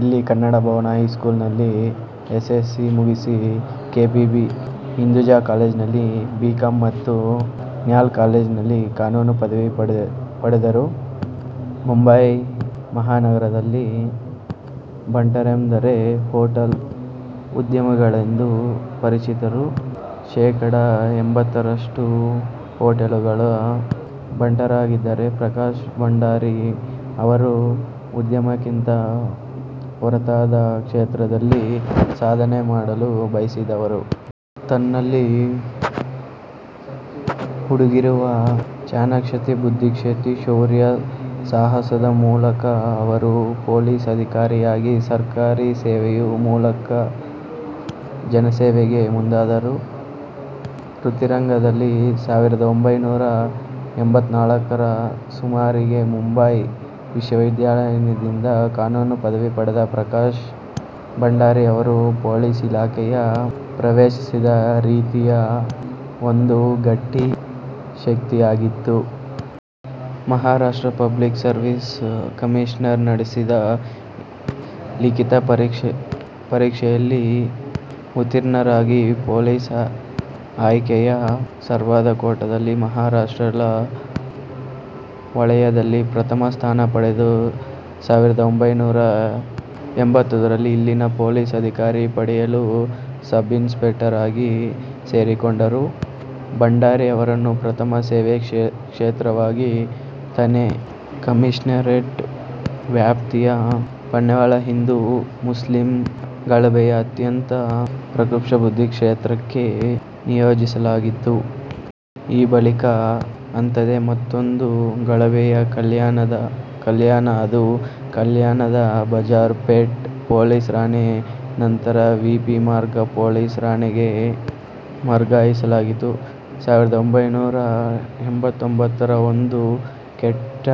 ಇಲ್ಲಿನ ಕನ್ನಡ ಭವನ ಹೈಸ್ಕೂಲ್ ನಲ್ಲಿ S. S. C. ಮುಗಿಸಿ, ಕೆ. ಪಿ. ಬಿ. ಹಿಂದುಜಾ ಕಾಲೇಜಿನಲ್ಲಿ ಬಿ. ಕಾಂ. ಮತ್ತು ನ್ಯೂ ಲಾ ಕಾಲೇಜಿನಲ್ಲಿ ಕಾನೂನು ಪದವಿ ಪಡೆದರು. ಮುಂಬಯಿ ಮಹಾನಗರದಲ್ಲಿ ಬಂಟರೆಂದರೆ ಹೊಟೇಲ್ ಉದ್ಯಮಿಗಳೆಂದೇ ಪರಿಚಿತರು. ಶೇಖಡ. ಎಂಬತ್ತರಷ್ಟು ಹೊಟೇಲುಗಳು ಬಂಟರದ್ದಾಗಿದೆ. ಪ್ರಕಾಶ್ ಭಂಡಾರಿ ಅವರು ಉದ್ಯಮಕ್ಕಿಂತ ಹೊರತಾದ ಕ್ಷೇತ್ರದಲ್ಲಿ ಸಾಧನೆ ಮಾಡಲು ಬಯಸಿದವರು. ತನ್ನಲ್ಲಿ ಹುದುಗಿರುವ ಚಾಣಾಕ್ಷತೆ, ಬುದ್ಧಿಶಕ್ತಿ, ಶೌರ್ಯ, ಸಾಹಸದ ಮೂಲಕ ಅವರು ಪೊಲೀಸ್ ಅಧಿಕಾರಿಯಾಗಿ ಸರಕಾರಿ ಸೇವೆಯ ಮೂಲಕ ಜನಸೇವೆಗೆ ಮುಂದಾದರು. ವೃತ್ತಿ ರಂಗದಲ್ಲಿ ಸಾವಿರದ ಒಂಭೈನೂರ ಎಂಬತ್ನಾಲ್ಕರ ಸುಮಾರಿಗೆ ಮುಂಬಯಿ ವಿಶ್ವವಿದ್ಯಾನಿಲಯದಿಂದ ಕಾನೂನು ಪದವಿ ಪಡೆದ ಪ್ರಕಾಶ್ ಭಂಡಾರಿ ಅವರು ಪೊಲೀಸ್ ಇಲಾಖೆಯನ್ನು ಪ್ರವೇಶಿಸಿದ ರೀತಿಯೇ ಒಂದು ಗಟ್ಟಿ ಶಕ್ತಿಯಾಗಿತ್ತು. ಮಹಾರಾಷ್ಟ್ರ ಪಬ್ಲಿಕ್ ಸರ್ವಿಸ್ ಕಮಿಷನ್ ನಡೆಸಿದ್ದ ಲಿಖಿತ ಪರೀಕ್ಷೆಯಲ್ಲಿ ಉತ್ತೀರ್ಣರಾಗಿ ಪೊಲೀಸ್ ಆಯ್ಕೆಯ ಸ್ಪರ್ಧಾಕೂಟದಲ್ಲಿ ಮಹಾರಾಷ್ಟ್ರ ವಲಯದಲ್ಲಿ ಪ್ರಥಮ ಸ್ಥಾನ ಪಡೆದು ಸಾವಿರದ ಒಂಭೈನೂರ ಎಂಬತ್ತೈದರಲ್ಲಿ ಇಲ್ಲಿನ ಪೊಲೀಸ್ ಅಧಿಕಾರಿ ಪಡೆಯಲ್ಲಿ ಸಬ್ ಇನ್ಸ್ಪೆಕ್ಟರ್ ಆಗಿ ಸೇರಿಕೊಂಡರು. ಭಂಡಾರಿ ಅವರನ್ನು ಪ್ರಥಮ ಸೇವಾ ಕ್ಷೇತ್ರವಾಗಿ ಥಾಣೆ ಕಮಿಷನರೇಟ್ ವ್ಯಾಪ್ತಿಯ ಪನ್ವೇಲ್ನ ಹಿಂದೂ ಮುಸ್ಲಿಂ ಗಲಭೆಯ ಅತ್ಯಂತ ಪ್ರಕ್ಷುಬ್ಧ ಕ್ಷೇತ್ರಕ್ಕೆ ನಿಯೋಜಿಸಲಾಗಿತ್ತು. ಆ ಬಳಿಕ ಅಂಥದ್ದೇ ಮತ್ತೊಂದು ಗಲಭೆಯ ಕಲ್ಯಾಣ ಅದು ಕಲ್ಯಾಣದ ಬಜಾರ್ ಪೇಟ್ ಪೊಲೀಸ್ ಠಾಣೆ. ನಂತರ ವಿ. ಪಿ. ಮಾರ್ಗ ಪೊಲೀಸ್ ಠಾಣೆಗೆ ವರ್ಗಾಯಿಸಲಾಯಿತು. ಸಾವಿರದ ಒಂಭೈನೂರ ಎಂಬತ್ತೊಂಬತ್ತರ ಒಂದು ಕೆಟ್ಟ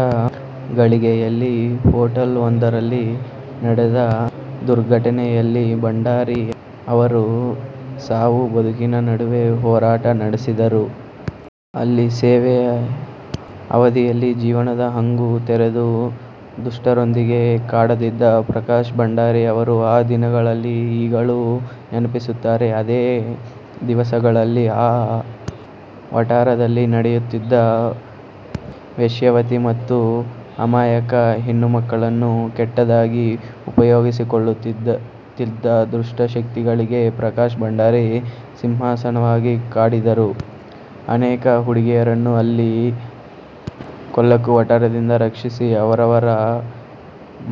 ಘಳಿಗೆಯಲ್ಲಿ ಹೊಟೇಲ್ ಒಂದರಲ್ಲಿ ನಡೆದ ದುರ್ಘಟನೆಯಲ್ಲಿ ಭಂಡಾರಿ ಅವರು ಸಾವು-ಬದುಕಿನ ನಡುವೆ ಹೋರಾಟ ನಡೆಸಿದರು. ಅಲ್ಲಿ ಸೇವಾ ಅವಧಿಯಲ್ಲಿ ಜೀವನದ ಹಂಗು ತೊರೆದು ದುಷ್ಟರೊಂದಿಗೆ ಕಾದಾಡಿದ ಪ್ರಕಾಶ್ ಭಂಡಾರಿ ಅವರು ಆ ದಿನಗಳನ್ನು ಈಗಲೂ ನೆನಪಿಸುತ್ತಾರೆ. ಅದೇ ದಿವಸಗಳಲ್ಲಿ ಆ ವಠಾರದಲ್ಲಿ ನಡೆಯುತ್ತಿದ್ದ ವೇಶ್ಯಾವೃತ್ತಿ ಮತ್ತು ಅಮಾಯಕ ಹೆಣ್ಣುಮಕ್ಕಳನ್ನು ಕೆಟ್ಟದಾಗಿ ಉಪಯೋಗಿಸಿಕೊಳ್ಳುತ್ತಿದ್ದ ದುಷ್ಟ ಶಕ್ತಿಗಳಿಗೆಲ್ಲ ಪ್ರಕಾಶ್ ಭಂಡಾರಿ ಸಿಂಹಸ್ವಪ್ನವಾಗಿ ಕಾಡಿದರು. ಅನೇಕ ಹುಡುಗಿಯರನ್ನು ಅಲ್ಲಿನ ಕೊಳಕು ವಠಾರದಿಂದ ರಕ್ಷಿಸಿ ಅವರವರ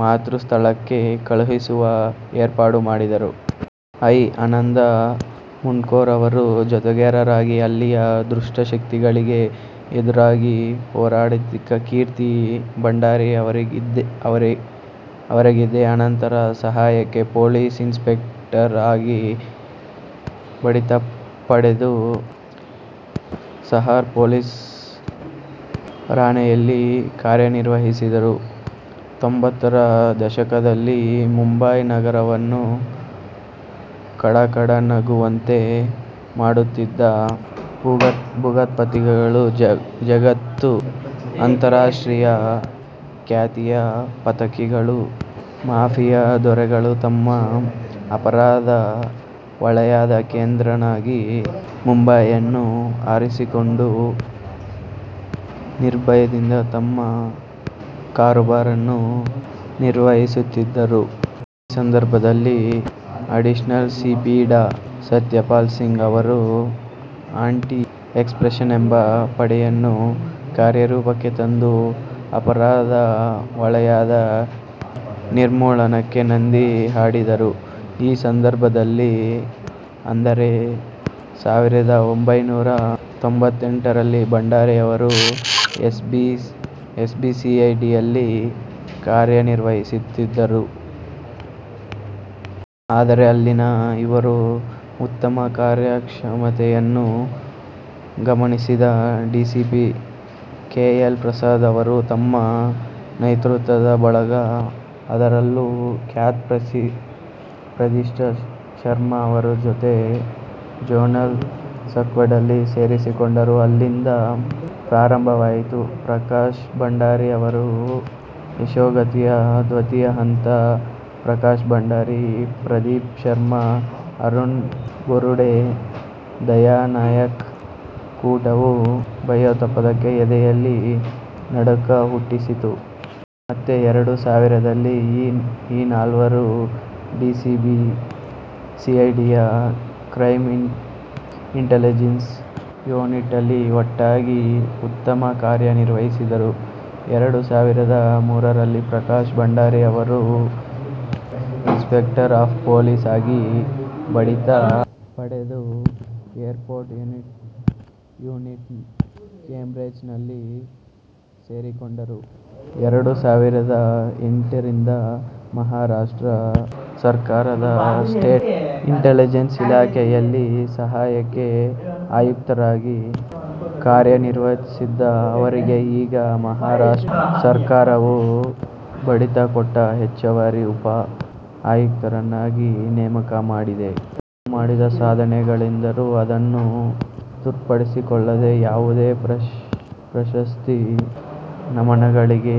ಮಾತೃ ಸ್ಥಳಕ್ಕೆ ಕಳುಹಿಸುವ ಏರ್ಪಾಡು ಮಾಡಿದರು. ಐ. ಆನಂದ ಮುಂಡ್ಕೂರು ಅವರ ಜತೆಗಾರರಾಗಿ ಅಲ್ಲಿಯ ದುಷ್ಟ ಶಕ್ತಿಗಳಿಗೆ ಎದುರಾಗಿ ಹೋರಾಡಿದ ಕೀರ್ತಿ ಭಂಡಾರಿ ಅವರಿಗಿದೆ. ಅನಂತರ ಸಹಾಯಕ ಪೊಲೀಸ್ ಇನ್ಸ್ಪೆಕ್ಟರ್ ಆಗಿ ಬಡ್ತಿ ಪಡೆದು ಸಹಾರ್ ಪೊಲೀಸ್ ಠಾಣೆಯಲ್ಲಿ ಕಾರ್ಯನಿರ್ವಹಿಸಿದರು. ತೊಂಬತ್ತರ ದಶಕದಲ್ಲಿ ಮುಂಬಯಿ ನಗರವನ್ನು ಗಡ ಗಡ ನಡುಗುವಂತೆ ಮಾಡುತ್ತಿದ್ದ ಭೂಗತ ಪಾತಕಿಗಳ ಜಗತ್ತು, ಅಂತರ್ರಾಷ್ಟ್ರೀಯ ಖ್ಯಾತಿಯ ಪಾತಕಿಗಳು, ಮಾಫಿಯಾ ದೊರೆಗಳು ತಮ್ಮ ಅಪರಾಧ ವಲಯದ ಕೇಂದ್ರವನ್ನಾಗಿ ಮುಂಬಯಿಯನ್ನು ಅರಸಿಕೊಂಡು ನಿರ್ಭಯದಿಂದ ತಮ್ಮ ಕಾರುಬಾರನ್ನು ನಿರ್ವಹಿಸುತ್ತಿದ್ದರು. ಇದೇ ಸಂದರ್ಭದಲ್ಲಿ ಅಡಿಷನಲ್ ಸಿ. ಪಿ. ಡಾ. ಸತ್ಯಪಾಲ್ ಸಿಂಗ್ ಅವರು ಆಂಟಿ ಎಕ್ಸ್ಟೋರ್ಷನ್ ಎಂಬ ಪಡೆಯನ್ನು ಕಾರ್ಯರೂಪಕ್ಕೆ ತಂದು ಅಪರಾಧ ವಲಯದ ನಿರ್ಮೂಲನಕ್ಕೆ ನಾಂದಿ ಹಾಡಿದರು. ಈ ಸಂದರ್ಭದಲ್ಲಿ ಅಂದರೆ, ಸಾವಿರದ ಒಂಭೈನೂರ ತೊಂಬತ್ತೆಂಟರಲ್ಲಿ ಭಂಡಾರಿ ಅವರು ಎಸ್ ಬಿ ಸಿ ಐ ಡಿಯಲ್ಲಿ ಕಾರ್ಯನಿರ್ವಹಿಸುತ್ತಿದ್ದರು. ಆದರೆ, ಅಲ್ಲಿನ ಇವರ ಉತ್ತಮ ಕಾರ್ಯಕ್ಷಮತೆಯನ್ನು ಗಮನಿಸಿದ ಡಿಸಿಪಿ ಕೆ. ಎಲ್. ಪ್ರಸಾದ್ ಅವರು ತಮ್ಮ ನೇತೃತ್ವದ ಬಳಗ, ಅದರಲ್ಲೂ ಖ್ಯಾತ ಪ್ರದೀಪ್ ಶರ್ಮಾ ಅವರ ಜತೆ ಜೋನಲ್ ಸ್ಕ್ವಾಡ್ನಲ್ಲಿ ಸೇರಿಸಿಕೊಂಡರು. ಅಲ್ಲಿಂದ ಪ್ರಾರಂಭವಾಯಿತು – ಪ್ರಕಾಶ್ ಭಂಡಾರಿ ಅವರ ಯಶೋಗಾಥೆಯ ದ್ವಿತೀಯ ಹಂತ. ಪ್ರಕಾಶ್ ಭಂಡಾರಿ, ಪ್ರದೀಪ್ ಶರ್ಮಾ, ಅರುಣ್ ಬೋರುಡೆ, ದಯಾ ನಾಯಕ್ ಕೂಟವು ಭಯೋತ್ಪಾದಕರ ಎದೆಯಲ್ಲಿ ನಡುಕ ಹುಟ್ಟಿಸಿತು. ಮತ್ತೆ ಎರಡು ಸಾವಿರದಲ್ಲಿ ಈ ನಾಲ್ವರು ಡಿಸಿಬಿ ಸಿಐಡಿಯ ಕ್ರೈಂ ಇಂಟಲಿಜೆನ್ಸ್ ಯೂನಿಟ್ನಲ್ಲಿ ಒಟ್ಟಾಗಿ ಉತ್ತಮ ಕಾರ್ಯ ನಿರ್ವಹಿಸಿದರು. ಎರಡು ಸಾವಿರದ ಮೂರರಲ್ಲಿ ಪ್ರಕಾಶ್ ಭಂಡಾರಿ ಅವರು ಇನ್ಸ್ಪೆಕ್ಟರ್ ಆಫ್ ಪೊಲೀಸ್ ಆಗಿ ಬಡ್ತಿ ಪಡೆದು ಏರ್ಪೋರ್ಟ್ ಯೂನಿಟ್ನ ಕ್ರೈಂ ಬ್ರ್ಯಾಂಚ್ನಲ್ಲಿ ಸೇರಿಕೊಂಡರು. ಎರಡು ಸಾವಿರದ ಎಂಟರಿಂದ ಮಹಾರಾಷ್ಟ್ರ ಸರಕಾರದ ಸ್ಟೇಟ್ ಇಂಟಲಿಜೆನ್ಸ್ ಇಲಾಖೆಯಲ್ಲಿ ಸಹಾಯಕ ಆಯುಕ್ತರಾಗಿ ಕಾರ್ಯನಿರ್ವಹಿಸುತ್ತಿದ್ದ ಅವರಿಗೆ ಈಗ ಮಹಾರಾಷ್ಟ್ರ ಸರಕಾರವು ಬಡ್ತಿ ಕೊಟ್ಟು ಹೆಚ್ಚುವರಿ ಉಪ ಆಯುಕ್ತರನ್ನಾಗಿ ನೇಮಕ ಮಾಡಿದೆ. ತಾನು ಮಾಡಿದ ಸಾಧನೆಗಳೇನಿದ್ದರೂ ಅದನ್ನು ತೋರ್ಪಡಿಸಿಕೊಳ್ಳದೆ, ಯಾವುದೇ ಪ್ರಶಸ್ತಿ, ಸಮ್ಮಾನಗಳಿಗೆ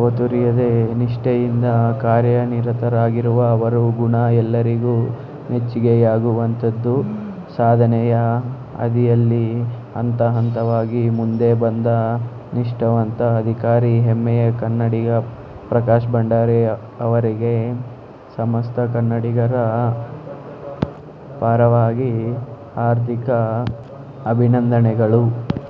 ಹಾತೊರೆಯದೆ, ನಿಷ್ಠೆಯಿಂದ ಕಾರ್ಯನಿರತರಾಗಿರುವ ಅವರ ಗುಣ ಎಲ್ಲರಿಗೂ ಮೆಚ್ಚುಗೆಯಾಗುವಂಥದ್ದು. ಸಾಧನೆಯ ಹಾದಿಯಲ್ಲಿ ಹಂತ-ಹಂತವಾಗಿ ಮುಂದೆ ಬಂದ ನಿಷ್ಠಾವಂತ ಅಧಿಕಾರಿ ಹೆಮ್ಮೆಯ ಕನ್ನಡಿಗ ಪ್ರಕಾಶ್ ಭಂಡಾರಿ ಅವರಿಗೆ ಸಮಸ್ತ ಕನ್ನಡಿಗರ ಪರವಾಗಿ ಹಾರ್ದಿಕ ಅಭಿನಂದನೆಗಳು.